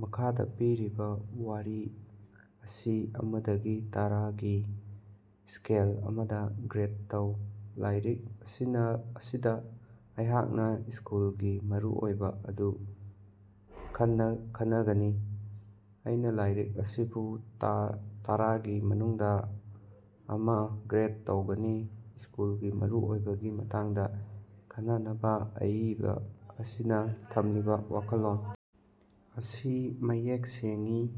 ꯃꯈꯥꯗ ꯄꯤꯔꯤꯕ ꯋꯥꯔꯤ ꯑꯁꯤꯑꯃꯗꯒꯤ ꯇꯔꯥ ꯒꯤ ꯁ꯭ꯀꯦꯜ ꯑꯃꯗ ꯒ꯭ꯔꯦꯗ ꯇꯧ꯫ ꯂꯥꯏꯔꯤꯛ ꯑꯁꯤꯅ ꯑꯁꯤꯗ ꯑꯩꯍꯥꯛꯅ ꯁ꯭ꯀꯨꯜꯒꯤ ꯃꯔꯨꯑꯣꯏꯕ ꯑꯗꯨ ꯈꯟꯅꯒꯅꯤ꯫ ꯑꯩꯅ ꯂꯥꯏꯔꯤꯛ ꯑꯁꯤꯕꯨ ꯇꯔꯥꯒꯤ ꯃꯅꯨꯡꯗ ꯑꯃ ꯒ꯭ꯔꯦꯗ ꯇꯧꯒꯅꯤ, ꯁ꯭ꯀꯨꯜꯒꯤ ꯃꯔꯨꯑꯣꯏꯕꯒꯤ ꯃꯇꯥꯡꯗ ꯈꯟꯅꯅꯕ ꯑꯏꯕ ꯑꯁꯤꯅ ꯊꯝꯂꯤꯕ ꯋꯥꯈꯜꯂꯣꯟ ꯑꯁꯤ ꯃꯌꯦꯛ ꯁꯦꯡꯏ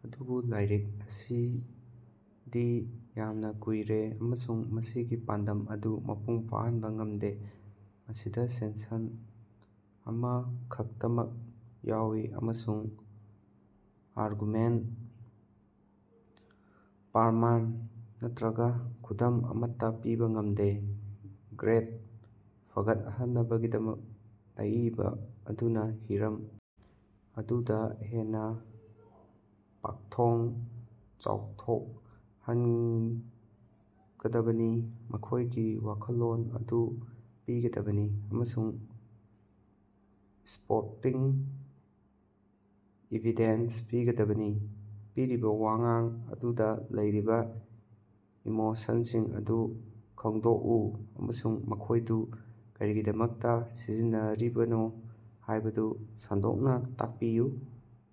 ꯑꯗꯨꯕꯨ ꯂꯥꯏꯔꯤꯛ ꯑꯁꯤꯗꯤ ꯌꯥꯝꯅ ꯀꯨꯏꯔꯦ ꯑꯃꯁꯨꯡ ꯃꯁꯤꯒꯤ ꯄꯥꯟꯗꯝ ꯑꯗꯨ ꯃꯄꯨꯡ ꯐꯥꯍꯟꯕ ꯉꯝꯗꯦ꯫ ꯃꯁꯤꯗ ꯁꯦꯟꯁꯟ ꯑꯃ ꯈꯛꯇꯃꯛ ꯌꯥꯎꯏ ꯑꯃꯁꯨꯡ ꯑꯥꯔꯒꯨꯃꯦꯟꯠ, ꯄ꯭ꯔꯃꯥꯟ ꯅꯠꯇꯔꯒ ꯈꯨꯗꯝ ꯑꯃꯠꯇ ꯄꯤꯕ ꯉꯝꯗꯦ꯫ ꯒ꯭ꯔꯦꯗ ꯐꯒꯠꯍꯟꯅꯕꯒꯤꯗꯃꯛ, ꯑꯏꯕ ꯑꯗꯨꯅ ꯍꯤꯔꯝ ꯑꯗꯨꯗ ꯍꯦꯟꯅ ꯄꯥꯛꯊꯣꯛ ꯆꯥꯎꯊꯣꯛꯍꯟꯒꯗꯕꯅꯤ, ꯃꯈꯣꯏꯒꯤ ꯋꯥꯈꯜꯂꯣꯟ ꯑꯗꯨ ꯄꯤꯒꯗꯕꯅꯤ ꯑꯃꯁꯨꯡ ꯁꯄꯣꯔꯇꯤꯡ ꯏꯚꯤꯗꯦꯟꯁ ꯄꯤꯒꯗꯕꯅꯤ꯫ ꯄꯤꯔꯤꯕ ꯋꯥꯉꯥꯡ ꯑꯗꯨꯗ ꯂꯩꯔꯤꯕ ꯏꯃꯣꯁꯟꯁꯤꯡ ꯑꯗꯨ ꯈꯪꯗꯣꯛꯎ ꯑꯃꯁꯨꯡ ꯃꯈꯣꯏꯗꯨ ꯀꯔꯤꯒꯤꯗꯃꯛꯇ ꯁꯤꯖꯤꯟꯅꯔꯤꯕꯅꯣ ꯍꯥꯏꯕꯗꯨ ꯁꯟꯗꯣꯛꯅ ꯇꯥꯛꯄꯤꯌꯨ꯫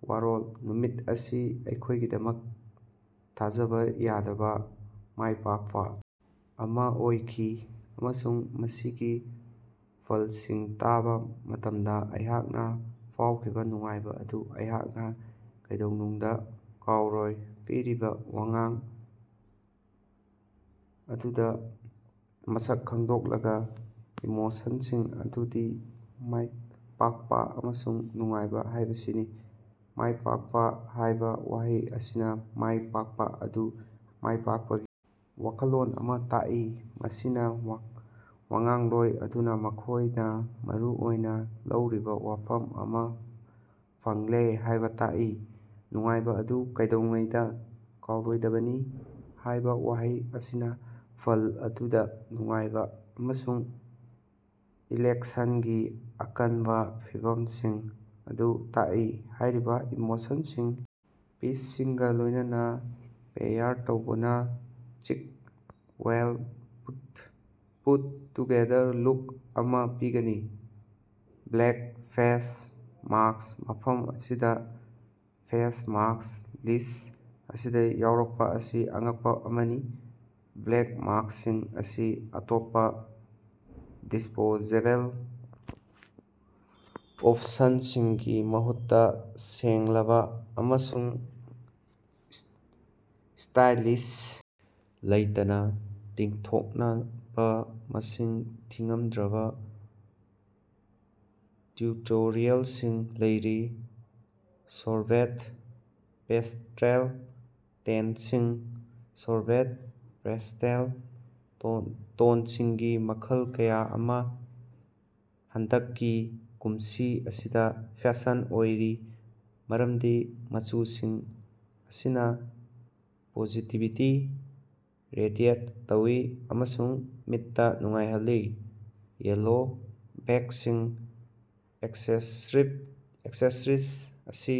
ꯋꯥꯔꯣꯜ: ꯅꯨꯃꯤꯠ ꯑꯁꯤ ꯑꯩꯈꯣꯏꯒꯤꯗꯃꯛ ꯊꯥꯖꯕ ꯌꯥꯗꯕ ꯃꯥꯏꯄꯥꯛꯄ ꯑꯃ ꯑꯣꯏꯈꯤ, ꯑꯃꯁꯨꯡ ꯃꯁꯤꯒꯤ ꯐꯜꯁꯤꯡ ꯇꯥꯕ ꯃꯇꯝꯗ ꯑꯩꯍꯥꯛꯅ ꯐꯥꯎꯈꯤꯕ ꯅꯨꯡꯉꯥꯏꯕ ꯑꯗꯨ ꯑꯩꯍꯥꯛꯅ ꯀꯩꯗꯧꯅꯨꯡꯗ ꯀꯥꯎꯔꯣꯏ꯫ ꯄꯤꯔꯤꯕ ꯋꯥꯉꯥꯡ ꯑꯗꯨꯗ ꯃꯁꯛ ꯈꯪꯗꯣꯛꯂꯕ ꯏꯃꯣꯁꯟꯁꯤꯡ ꯑꯗꯨꯗꯤ ꯃꯥꯏꯄꯥꯛꯄ ꯑꯃꯁꯨꯡ ꯅꯨꯡꯉꯥꯏꯕ ꯍꯥꯏꯕꯁꯤꯅꯤ꯫ ꯃꯥꯏꯄꯥꯛꯄ ꯍꯥꯏꯕ ꯋꯥꯍꯩ ꯑꯁꯤꯅ ꯃꯥꯏ ꯄꯥꯛꯄ ꯑꯗꯨ ꯃꯥꯏꯄꯥꯛꯄꯒꯤ ꯋꯥꯈꯜꯂꯣꯟ ꯑꯃꯥ ꯇꯥꯛꯏ, ꯃꯁꯤꯅ ꯋꯥꯉꯥꯡꯂꯣꯏ ꯑꯗꯨꯅ ꯃꯈꯣꯏꯅ ꯃꯔꯨ ꯑꯣꯏꯅ ꯂꯧꯔꯤꯕ ꯋꯥꯐꯝ ꯑꯃꯥ ꯐꯪꯂꯦ ꯍꯥꯏꯕ ꯇꯥꯛꯏ꯫ ꯅꯨꯡꯉꯥꯏꯕ ꯑꯗꯨ ꯀꯩꯗꯧꯉꯩꯗ ꯀꯥꯎꯔꯣꯏꯗꯕꯅꯤ ꯍꯥꯏꯕ ꯋꯥꯍꯩ ꯑꯁꯤꯅ ꯐꯜ ꯑꯗꯨꯗ ꯅꯨꯡꯉꯥꯏꯕ ꯑꯃꯁꯨꯡ ꯏꯂꯦꯛꯁꯟꯒꯤ ꯑꯀꯟꯕ ꯐꯤꯚꯝꯁꯤꯡ ꯑꯗꯨ ꯇꯥꯛꯏ꯫ ꯍꯥꯏꯔꯤꯕ ꯏꯃꯣꯁꯟꯁꯤꯡ ꯄꯤꯁꯁꯤꯡꯒ ꯂꯣꯏꯅꯅ ꯄꯦꯌꯥꯔ ꯇꯧꯕꯅ ꯆꯤꯛ ꯋꯦꯜ ꯄꯨꯠ-ꯇꯨꯒꯦꯗꯔ ꯂꯨꯛ ꯑꯃꯥ ꯄꯤꯒꯅꯤ꯫ ꯕ꯭ꯂꯦꯛ ꯐꯦꯁ ꯃꯥꯁ꯭ꯛ: ꯃꯐꯝ ꯑꯁꯤꯗ ꯐꯦꯁ ꯃꯥꯁ꯭ꯛꯅ ꯂꯤꯁ꯭ꯠ ꯑꯁꯤꯗ ꯌꯥꯎꯔꯛꯄ ꯑꯁꯤ ꯑꯉꯛꯄ ꯑꯃꯅꯤ꯫ ꯕ꯭ꯂꯦꯛ ꯃꯥꯁ꯭ꯛꯁꯤꯡ ꯑꯁꯤ ꯑꯇꯣꯞꯄ ꯗꯤꯁꯄꯣꯖꯦꯕꯜ ꯑꯣꯞꯁꯟꯁꯤꯡꯒꯤ ꯃꯍꯨꯠꯇ ꯁꯦꯡꯂꯕ ꯑꯃꯁꯨꯡ ꯁ꯭ꯇꯥꯏꯂꯤꯁ ꯂꯩꯇꯅ ꯇꯤꯡꯊꯣꯛꯅꯕ ꯃꯁꯤꯡ ꯊꯤꯉꯝꯗ꯭ꯔꯕ ꯇꯤꯎꯇꯣꯔꯤꯌꯥꯜꯁꯤꯡ ꯂꯩꯔꯤ꯫ ꯁꯣꯔꯕꯦꯠ ꯄꯦꯁ꯭ꯇꯦꯜ ꯇꯣꯟꯁꯤꯡ: ꯁꯣꯔꯕꯦꯠ ꯄꯦꯁ꯭ꯇꯦꯜ ꯇꯣꯟꯁꯤꯡꯒꯤ ꯃꯈꯜ ꯀꯌꯥ ꯑꯃꯥ ꯍꯟꯗꯛꯀꯤ ꯀꯨꯝꯁꯤ ꯑꯁꯤꯗ ꯐꯦꯁꯟ ꯑꯣꯏꯔꯦ ꯃꯔꯝꯗꯤ ꯃꯆꯨꯁꯤꯡ ꯑꯁꯤꯅ ꯄꯣꯖꯤꯇꯤꯕꯤꯇꯤ ꯔꯦꯗꯤꯌꯦꯠ ꯇꯧꯏ ꯑꯃꯁꯨꯡ ꯃꯤꯠꯇ ꯅꯨꯡꯉꯥꯏꯍꯜꯂꯤ꯫ ꯌꯦꯜꯂꯣ ꯕꯦꯒꯁꯤꯡ: ꯑꯦꯛꯁꯦꯁꯔꯤꯖ ꯑꯁꯤ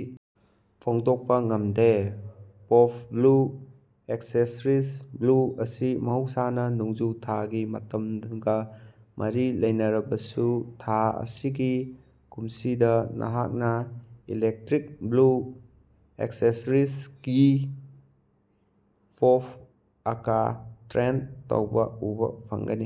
ꯐꯣꯡꯗꯣꯛꯄ ꯉꯝꯗꯦ꯫ ꯄꯣꯞ ꯕ꯭ꯂꯨ ꯑꯦꯛꯁꯦꯁꯔꯤꯖ: ꯕ꯭ꯂꯨ ꯑꯁꯤ ꯃꯍꯧꯁꯥꯅ ꯅꯣꯡꯖꯨ ꯊꯥꯒꯤ ꯃꯇꯝꯒ ꯃꯔꯤ ꯂꯩꯅꯔꯕꯁꯨ, ꯊꯥ ꯑꯁꯤꯒꯤ ꯀꯨꯝꯁꯤꯗ, ꯅꯍꯥꯛꯅ ꯏꯂꯦꯛꯇ꯭ꯔꯤꯛ ꯕ꯭ꯂꯨ ꯑꯦꯛꯁꯦꯁꯔꯤꯖꯒꯤ ꯄꯣꯞ ꯑꯃꯥ ꯇ꯭ꯔꯦꯟꯗ ꯇꯧꯕ ꯎꯕ ꯐꯪꯒꯅꯤ꯫